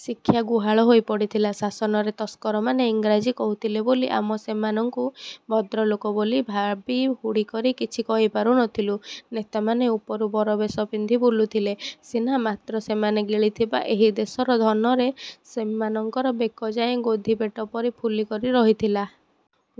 ଶିକ୍ଷା ଗୁହାଳ ହୋଇ ପଡ଼ିଥିଲା, ଶାସନରେ ତସ୍କରମାନେ ଇଂରାଜୀ କହୁଥିଲେ ବୋଲି ଆମେ ସେମାନଙ୍କୁ ଭଦ୍ରଲୋକ ବୋଲି ଭାବି ହୁଡ଼ିକରି କିଛି କହି ପାରୁ ନଥିଲୁ। ନେତାମାନେ ଉପରୁ ବରବେଶ ପିନ୍ଧି ବୁଲୁଥିଲେ ସିନା ମାତ୍ର ସେମାନେ ଗିଳିଥିବା ଏହି ଦେଶର ଧନରେ ସେମାନଙ୍କର ବେକଯାଏ ଗୋଧିପେଟ ପରି ଫୁଲିକରି ରହିଥିଲା।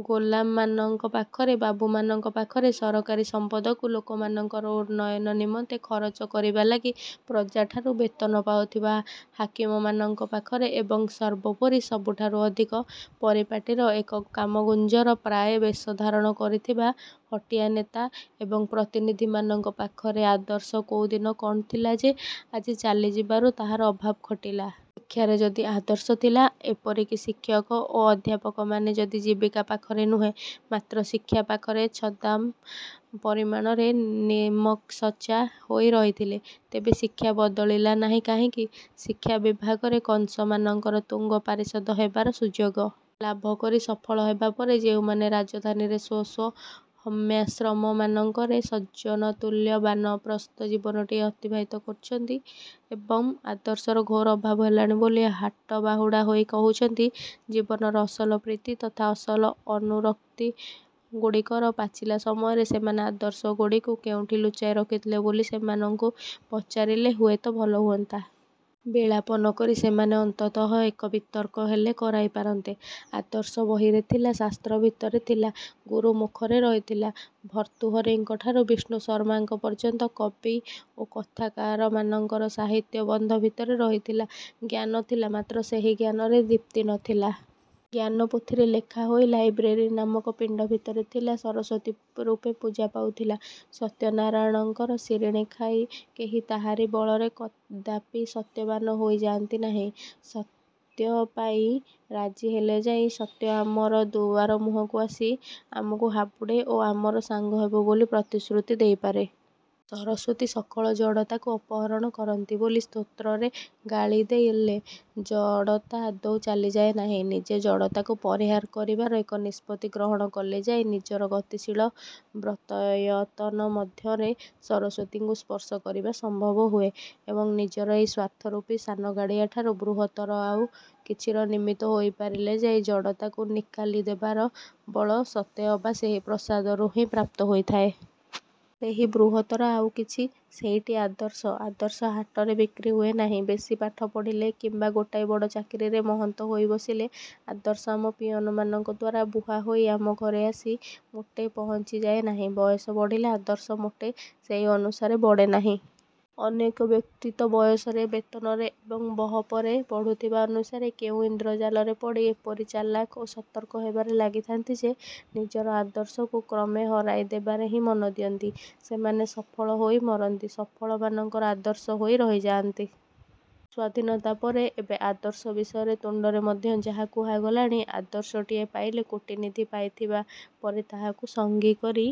ଗୋଲାମମାନଙ୍କ ପାଖରେ, ବାବୁମାନଙ୍କ ପାଖରେ, ସରକାରୀ ସମ୍ପଦକୁ ଲୋକମାନଙ୍କର ଉନ୍ନୟନ ନିମନ୍ତେ ଖରଚ କରିବା ଲାଗି ପ୍ରଜାଠାରୁ ବେତନ ପାଉଥିବା ହାକିମମାନଙ୍କ ପାଖରେ ଏବଂ ସର୍ବୋପରି ସବୁଠାରୁ ଅଧିକ ପରିପାଟୀର ଏକ କାମଗୁଞ୍ଜର ପ୍ରାଏ ବେଶ ଧାରଣ କରିଥିବା ହଟିଆ ନେତା ଏବଂ ପ୍ରତିନିଧିମାନଙ୍କ ପାଖରେ ଆଦର୍ଶ କୋଉଦିନ କଣ ଥିଲା ଯେ ଆଜି ଚାଲିଯିବାରୁ ତାହାର ଅଭାବ ଘଟିଲା? ଶିକ୍ଷାରେ ଯଦି ଆଦର୍ଶ ଥିଲା, ଏପରିକି ଶିକ୍ଷକ ଓ ଅଧ୍ୟାପକମାନେ ଯଦି ଜୀବିକା ପାଖରେ ନୁହେଁ, ମାତ୍ର ଶିକ୍ଷା ପାଖରେ ଛଦାମ ପରିମାଣରେ ନିମକସଚ୍ଚା ହୋଇ ରହିଥିଲେ ତେବେ ଶିକ୍ଷା ବଦଳିଲା ନାହିଁ କାହିଁକି? ଶିକ୍ଷା ବିଭାଗରେ କଂସ ମାନଙ୍କର ତୁଙ୍ଗ ପାରିଷଦ ହେବାର ସୁଯୋଗ ଲାଭକରି ସଫଳ ହେବାପରେ ଯେଉଁମାନେ ରାଜଧାନୀରେ ସ୍ୱ ସ୍ୱ ହର୍ମ୍ୟାଶ୍ରମମାନଙ୍କରେ ସଜ୍ଜନତୁଲ୍ୟ ବାନପ୍ରସ୍ଥ ଜୀବନଟିଏ ଅତିବାହିତ କରୁଛନ୍ତି ଏବଂ ଆଦର୍ଶର ଘୋର ଅଭାବ ହେଲାଣି ବୋଲି ହାଟବାହୁଡ଼ା ହୋଇ କହୁଛନ୍ତି, ଜୀବନର ଅସଲ ପ୍ରୀତି ତଥା ଅସଲ ଅନୁରକ୍ତିଗୁଡ଼ିକର ପାରିଲା ସମୟରେ ସେମାନେ ଆଦର୍ଶଗୁଡ଼ିକୁ କେଉଁଠି ଲୁଚାଇ ରଖିଥଲେ ବୋଲି ସେମାନଙ୍କୁ ପଚାରିଲେ ହୁଏତ ଭଲ ହୁଅନ୍ତା। ବିଳାପ ନକରି ସେମାନେ ଅନ୍ତତଃ ଏକ ବିତର୍କ ହେଲେ କରାଇ ପାରନ୍ତେ। ଆଦର୍ଶ ବହିରେ ଥିଲା, ଶାସ୍ତ୍ର ଭିତରେ ଥିଲା। ଗୁରୁ ମୁଖରେ ରହିଥିଲା। ଭର୍ତ୍ତୃହରିଙ୍କ ଠାରୁ ବିଷ୍ଣୁ ଶର୍ମାଙ୍କ ପର୍ଯ୍ୟନ୍ତ କବି ଓ କଥାକାରମାନଙ୍କର ସାହିତ୍ୟବନ୍ଧ ଭିତରେ ରହିଥିଲା। ଜ୍ଞାନ ଥିଲା ମାତ୍ର ସେହି ଜ୍ଞାନରେ ଦୀପ୍ତି ନଥିଲା। ଜ୍ଞାନ ପୋଥିରେ ଲେଖା ହୋଇ ଲାଇବ୍ରେରୀ ନାମକ ପିଣ୍ଡ ଭିତରେ ଥିଲା ସରସ୍ୱତୀ ରୂପେ ପୂଜା ପାଉଥିଲା। ସତ୍ୟନାରାୟଣଙ୍କର ସିରିଣି ଖାଇ କେହି ତାହାରି ବଳରେ କଦାପି ସତ୍ୟବାନ ହୋଇ ଯାଆନ୍ତି ନାହିଁ। ସତ୍ୟ ପାଇଁ ରାଜି ହେଲେ ଯାଇ ସତ୍ୟ ଆମର ଦୁଆରମୁହଁକୁ ଆସି ଆମକୁ ହାବୁଡ଼େ ଓ ଆମର ସାଙ୍ଗ ହେବ ବୋଲି ପ୍ରତିଶ୍ରୁତି ଦେଇପାରେ। ସରସ୍ୱତୀ ସକଳ ଜଡ଼ତାକୁ ଅପହରଣ କରନ୍ତି ବୋଲି ସ୍ତ୍ରୋତ୍ରରେ ଗାଇଦେଲେ ଜଡ଼ତା ଆଦୌ ଚାଲିଯାଏ ନାହିଁ। ନିଜେ ଜଡ଼ତାକୁ ପରିହାର କରିବାର ଏକ ନିଷ୍ପତ୍ତି ଗ୍ରହଣ କଲେ ଯାଇ ନିଜର ଗତିଶୀଳ ବ୍ରତାୟତନ ମଧ୍ୟରେ ସରସ୍ୱତୀଙ୍କୁ ସ୍ପର୍ଶ କରିବା ସମ୍ଭବ ହୁଏ ଏବଂ ନିଜର ଏହି ସ୍ଵାର୍ଥରୂପୀ ସାନଗାଡ଼ିଆଠାରୁ ବୃହତ୍ତର ଆଉ କିଛିର ନିମିତ୍ତ ହୋଇପାରିଲେ ଯାଇ ଜଡ଼ତାକୁ ନିକାଲି ଦେବାର ବଳ ସତେ ଅବା ସେହି ପ୍ରସାଦରୁ ହିଁ ପ୍ରାପ୍ତ ହୋଇଥାଏ। ସେହି ବୃହତ୍ତର ଆଉ କିଛି, ସେଇଟି ଆଦର୍ଶ। ଆଦର୍ଶ ହାଟରେ ବିକ୍ରି ହୁଏନାହିଁ। ବେଶୀ ପାଠ ପଢ଼ିଲେ କିମ୍ବା ଗୋଟାଏ ବଡ଼ ଚାକିରିରେ ମହନ୍ତ ହୋଇ ବସିଲେ ଆଦର୍ଶ ଆମ ପିଅନମାନଙ୍କ ଦ୍ଵାରା ବୁହାହୋଇ ଆମ ଘରେ ଆସି ମୋଟେ ପହଞ୍ଚି ଯାଏ ନାହିଁ। ବୟସ ବଢ଼ିଲେ ଆଦର୍ଶ ମୋଟେ ସେହି ଅନୁସାରେ ବଡ଼େ ନାହିଁ । ଅନେକ ବ୍ୟକ୍ତି ତ ବୟସରେ, ବେତନରେ ଏବଂ ବହପରେ ବଢୁଥିବା ଅନୁସାରେ କେଉଁ ଇନ୍ଦ୍ରଜାଲରେ ପଡ଼ି ଏପରି ଚାଲାଖ ଓ ସତର୍କ ହେବାରେ ଲାଗିଥାନ୍ତି ଯେ, ନିଜର ଆଦର୍ଶକୁ କ୍ରମେ ହରାଇ ଦେବାରେ ହିଁ ମନ ଦିଅନ୍ତି। ସେମାନେ ସଫଳ ହୋଇ ମରନ୍ତି। ସଫଳମାନଙ୍କର ଆଦର୍ଶ ହୋଇ ରହିଯାଆନ୍ତି। ସ୍ୱାଧୀନତା ପରେ ଏବେ ଆଦର୍ଶ ବିଷୟରେ ତୁଣ୍ଡରେ ମଧ୍ୟ ଯହ କଥା କୁହାଗଲାଣି। ଆଦର୍ଶଟିଏ ପାଇଲେ କୋଟିନିଧି ପାଇଥିବା ପରି ତାହାକୁ ସଙ୍ଗୀ କରି